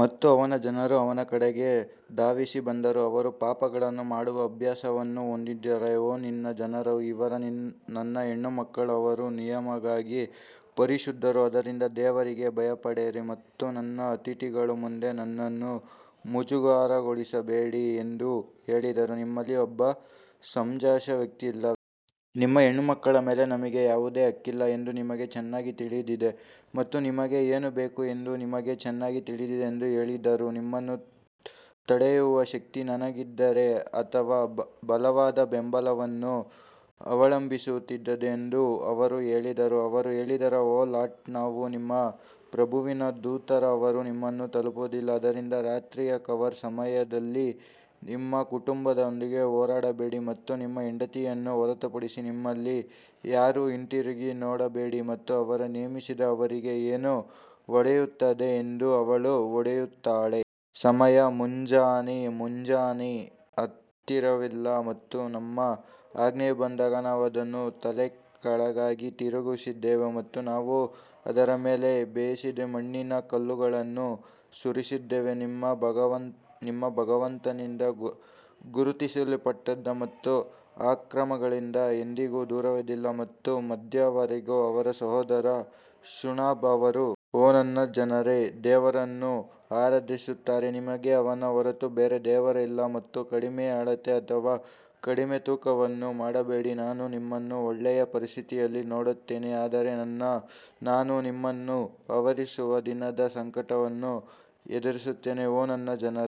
ಮತ್ತು ಅವನ ಜನರು ಅವನ ಕಡೆಗೆ ಧಾವಿಸಿ ಬಂದರು ಅವರು ಪಾಪಗಳನ್ನು ಮಾಡುವ ಅಭ್ಯಾಸವನ್ನು ಹೊಂದಿದ್ದರು ಓ ನನ್ನ ಜನರು ಇವರು ನನ್ನ ಹೆಣ್ಣುಮಕ್ಕಳು ಅವರು ನಿಮಗಾಗಿ ಪರಿಶುದ್ಧರು ಆದ್ದರಿಂದ ದೇವರಿಗೆ ಭಯಪಡಿರಿ ಮತ್ತು ನನ್ನ ಅತಿಥಿಗಳ ಮುಂದೆ ನನ್ನನ್ನು ಮುಜುಗರಗೊಳಿಸಬೇಡಿ ಎಂದು ಹೇಳಿದರು ನಿಮ್ಮಲ್ಲಿ ಒಬ್ಬ ಸಮಂಜಸ ವ್ಯಕ್ತಿ ಇಲ್ಲವೇ? ನಿಮ್ಮ ಹೆಣ್ಣುಮಕ್ಕಳ ಮೇಲೆ ನಮಗೆ ಯಾವುದೇ ಹಕ್ಕಿಲ್ಲ ಎಂದು ನಿಮಗೆ ಚೆನ್ನಾಗಿ ತಿಳಿದಿದೆ ಮತ್ತು ನಮಗೆ ಏನು ಬೇಕು ಎಂದು ನಿಮಗೆ ಚೆನ್ನಾಗಿ ತಿಳಿದಿದೆ ಎಂದು ಹೇಳಿದರು ನಿಮ್ಮನ್ನು ತಡೆಯುವ ಶಕ್ತಿ ನನಗಿದ್ದರೆ ಅಥವಾ ಬಲವಾದ ಬೆಂಬಲವನ್ನು ಅವಲಂಬಿಸಬಹುದಿತ್ತು ಎಂದು ಅವರು ಹೇಳಿದರು ಅವರು ಹೇಳಿದರು ಓ ಲಾಟ್ ನಾವು ನಿಮ್ಮ ಪ್ರಭುವಿನ ದೂತರು ಅವರು ನಿಮ್ಮನ್ನು ತಲುಪುವುದಿಲ್ಲ ಆದ್ದರಿಂದ ರಾತ್ರಿಯ ಕವರ್ ಸಮಯದಲ್ಲಿ ನಿಮ್ಮ ಕುಟುಂಬದೊಂದಿಗೆ ಹೊರಟುಬಿಡಿ ಮತ್ತು ನಿಮ್ಮ ಹೆಂಡತಿಯನ್ನು ಹೊರತುಪಡಿಸಿ ನಿಮ್ಮಲ್ಲಿ ಯಾರೂ ಹಿಂತಿರುಗಿ ನೋಡಬೇಡಿ ಮತ್ತು ಅವರು ನೇಮಿಸಿದ ಅವರಿಗೆ ಏನು ಹೊಡೆಯುತ್ತದೆ ಎಂದು ಅವಳು ಹೊಡೆಯುತ್ತಾಳೆ. ಸಮಯ ಮುಂಜಾನೆ ಮುಂಜಾನೆ ಹತ್ತಿರವಿಲ್ಲ ಮತ್ತು ನಮ್ಮ ಆಜ್ಞೆಯು ಬಂದಾಗ ನಾವು ಅದನ್ನು ತಲೆಕೆಳಗಾಗಿ ತಿರುಗಿಸಿದೆವು ಮತ್ತು ನಾವು ಅದರ ಮೇಲೆ ಬೇಯಿಸಿದ ಮಣ್ಣಿನ ಕಲ್ಲುಗಳನ್ನು ಸುರಿಸಿದ್ದೇವೆ ನಿಮ್ಮ ಭಗವಂತನಿಂದ ಗುರುತಿಸಲ್ಪಟ್ಟಿದೆ ಮತ್ತು ಅಕ್ರಮಿಗಳಿಂದ ಎಂದಿಗೂ ದೂರವಿರುವುದಿಲ್ಲ ಮತ್ತು ಮಧ್ಯದವರಿಗೆ ಅವರ ಸಹೋದರ ಶುಐಬ್ ಅವರು ಓ ನನ್ನ ಜನರೇ ದೇವರನ್ನು ಆರಾಧಿಸುತ್ತೀರಿ ನಿಮಗೆ ಅವನ ಹೊರತು ಬೇರೆ ದೇವರು ಇಲ್ಲ ಮತ್ತು ಕಡಿಮೆ ಅಳತೆ ಅಥವಾ ಕಡಿಮೆ ತೂಕವನ್ನು ಮಾಡಬೇಡಿ ನಾನು ನಿಮ್ಮನ್ನು ಒಳ್ಳೆಯ ಪರಿಸ್ಥಿತಿಯಲ್ಲಿ ನೋಡುತ್ತೇನೆ ಆದರೆ ನಾನು ನಿಮ್ಮನ್ನು ಆವರಿಸುವ ದಿನದ ಸಂಕಟವನ್ನು ಹೆದರುತ್ತೇನೆ ಓ ನನ್ನ ಜನರೇ,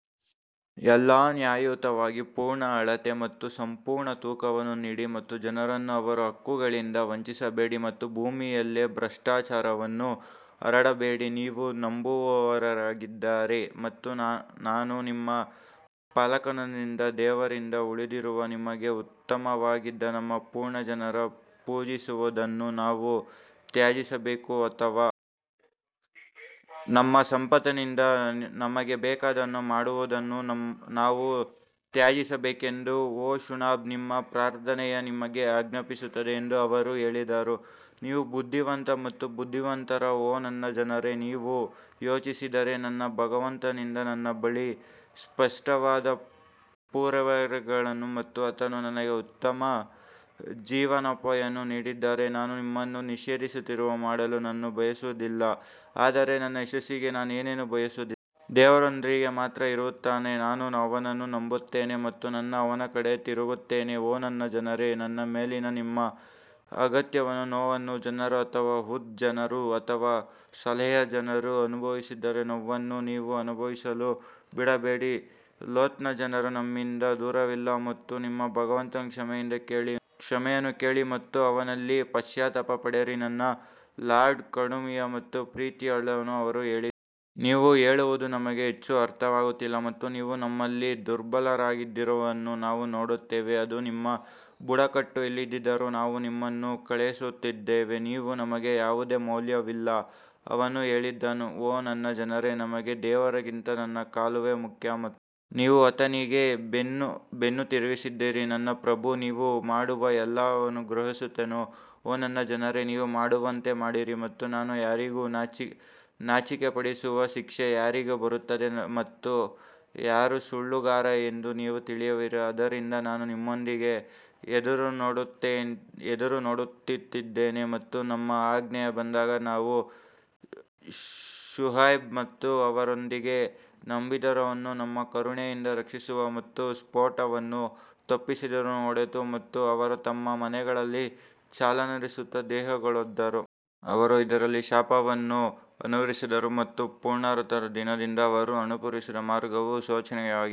ಎಲ್ಲಾ ನ್ಯಾಯಯುತವಾಗಿ ಪೂರ್ಣ ಅಳತೆ ಮತ್ತು ಸಂಪೂರ್ಣ ತೂಕವನ್ನು ನೀಡಿ ಮತ್ತು ಜನರನ್ನು ಅವರ ಹಕ್ಕುಗಳಿಂದ ವಂಚಿಸಬೇಡಿ ಮತ್ತು ಭೂಮಿಯಲ್ಲಿ ಭ್ರಷ್ಟಾಚಾರವನ್ನು ಹರಡಬೇಡಿ ನೀವು ನಂಬುವವರಾಗಿದ್ದರೆ ಮತ್ತು ನಾನು ನಿಮ್ಮ ಪಾಲಕನಲ್ಲದಿದ್ದರೆ ದೇವರಿಂದ ಉಳಿದಿರುವುದು ನಿಮಗೆ ಉತ್ತಮವಾಗಿದೆ ನಮ್ಮ ಪೂರ್ವಜರು ಪೂಜಿಸುವುದನ್ನು ನಾವು ತ್ಯಜಿಸಬೇಕು ಅಥವಾ ನಮ್ಮ ಸಂಪತ್ತಿನಿಂದ ನಮಗೆ ಬೇಕಾದುದನ್ನು ಮಾಡುವುದನ್ನು ನಾವು ತ್ಯಜಿಸಬೇಕೆಂದು ಓ ಶುಐಬ್ ನಿಮ್ಮ ಪ್ರಾರ್ಥನೆಯು ನಿಮಗೆ ಆಜ್ಞಾಪಿಸುತ್ತಿದೆ ಎಂದು ಅವರು ಹೇಳಿದರು, ನೀವು ಬುದ್ಧಿವಂತ ಮತ್ತು ಬುದ್ಧಿವಂತರು ಓ ನನ್ನ ಜನರೇ ನೀವು ಯೋಚಿಸಿದ್ದೀರಾ, ನನ್ನ ಭಗವಂತನಿಂದ ನನ್ನ ಬಳಿ ಸ್ಪಷ್ಟವಾದ ಪುರಾವೆಗಳಿದ್ದರೆ ಮತ್ತು ಆತನು ನನಗೆ ಉತ್ತಮ ಜೀವನೋಪಾಯವನ್ನು ನೀಡಿದರೆ, ನಾನು ನಿಮ್ಮನ್ನು ನಿಷೇಧಿಸುವದನ್ನು ಮಾಡಲು ನಾನು ಬಯಸುವುದಿಲ್ಲ, ಆದರೆ ನನ್ನ ಯಶಸ್ಸಿಗೆ ನಾನು ಏನನ್ನೂ ಬಯಸುವುದಿಲ್ಲ. ದೇವರೊಂದಿಗೆ ಮಾತ್ರ ಇರುತ್ತದೆ ನಾನು ಅವನನ್ನು ನಂಬುತ್ತೇನೆ ಮತ್ತು ನಾನು ಅವನ ಕಡೆಗೆ ತಿರುಗುತ್ತೇನೆ ಓ ನನ್ನ ಜನರೇ, ನನ್ನ ಮೇಲಿನ ನಿಮ್ಮ ಹಗೆತನವು ನೋಹನ ಜನರು ಅಥವಾ ಹುದ್ ಜನರು ಅಥವಾ ಸಲೇಹ್ ಜನರು ಅನುಭವಿಸಿದ ನೋವನ್ನು ನೀವು ಅನುಭವಿಸಲು ಬಿಡಬೇಡಿ, ಲೋತ್ನ ಜನರು ನಿಮ್ಮಿಂದ ದೂರವಿಲ್ಲ ಮತ್ತು ನಿಮ್ಮ ಭಗವಂತನಲ್ಲಿ ಕ್ಷಮೆಯನ್ನು ಕೇಳಿ ಮತ್ತು ಅವನಲ್ಲಿ ಪಶ್ಚಾತ್ತಾಪ ಪಡಿರಿ ನನ್ನ ಲಾರ್ಡ್ ಕರುಣಾಮಯಿ ಮತ್ತು ಪ್ರೀತಿಯುಳ್ಳವನು ಅವರು ಹೇಳಿದರು. ನೀವು ಹೇಳುವುದು ನಮಗೆ ಹೆಚ್ಚು ಅರ್ಥವಾಗುತ್ತಿಲ್ಲ ಮತ್ತು ನೀವು ನಮ್ಮಲ್ಲಿ ದುರ್ಬಲರಾಗಿರುವುದನ್ನು ನಾವು ನೋಡುತ್ತೇವೆ, ಅದು ನಿಮ್ಮ ಬುಡಕಟ್ಟು ಇಲ್ಲದಿದ್ದರೆ ನಾವು ನಿಮ್ಮನ್ನು ಕಲ್ಲೆಸೆಯುತ್ತಿದ್ದೆವು, ನೀವು ನಮಗೆ ಯಾವುದೇ ಮೌಲ್ಯವಿಲ್ಲ ಅವನು ಹೇಳಿದನು ಓ ನನ್ನ ಜನರೇ ನಿಮಗೆ ದೇವರಿಗಿಂತ ನನ್ನ ಕುಲವೇ ಮುಖ್ಯ ಮತ್ತು ನೀವು ಆತನಿಗೆ ಬೆನ್ನು ತಿರುಗಿಸಿದ್ದೀರಿ ನನ್ನ ಪ್ರಭು ನೀವು ಮಾಡುವ ಎಲ್ಲವನ್ನೂ ಗ್ರಹಿಸುತ್ತಾನೆ ಓ ನನ್ನ ಜನರೇ ನೀವು ಮಾಡುವಂತೆ ಮಾಡಿರಿ ಮತ್ತು ನಾನು ಯಾರಿಗೆ ನಾಚಿಕೆಪಡಿಸುವ ಶಿಕ್ಷೆ ಯಾರಿಗೆ ಬರುತ್ತದೆ ಮತ್ತು ಯಾರು ಸುಳ್ಳುಗಾರ ಎಂದು ನೀವು ತಿಳಿಯುವಿರಿ ಆದ್ದರಿಂದ ನಾನು ನಿಮ್ಮೊಂದಿಗೆ ಎದುರುನೋಡುತ್ತಿದ್ದೇನೆ ಮತ್ತು ನಮ್ಮ ಆಜ್ಞೆಯು ಬಂದಾಗ ನಾವು ಶುಐಬ್ ಮತ್ತು ಅವರೊಂದಿಗೆ ನಂಬಿದವರನ್ನು ನಮ್ಮ ಕರುಣೆಯಿಂದ ರಕ್ಷಿಸಿದೆವು ಮತ್ತು ಸ್ಫೋಟವು ತಪ್ಪಿತಸ್ಥರನ್ನು ಹೊಡೆದಿದೆ ಮತ್ತು ಅವರು ತಮ್ಮ ಮನೆಗಳಲ್ಲಿ ಚಲನರಹಿತ ದೇಹಗಳಾದರು. ಅವರು ಇದರಲ್ಲಿ ಶಾಪವನ್ನು ಅನುಸರಿಸಿದರು ಮತ್ತು ಪುನರುತ್ಥಾನದ ದಿನದಂದು ಅವರು ಅನುಸರಿಸಿದ ಮಾರ್ಗವು ಶೋಚನೀಯವಾಗಿದೆ.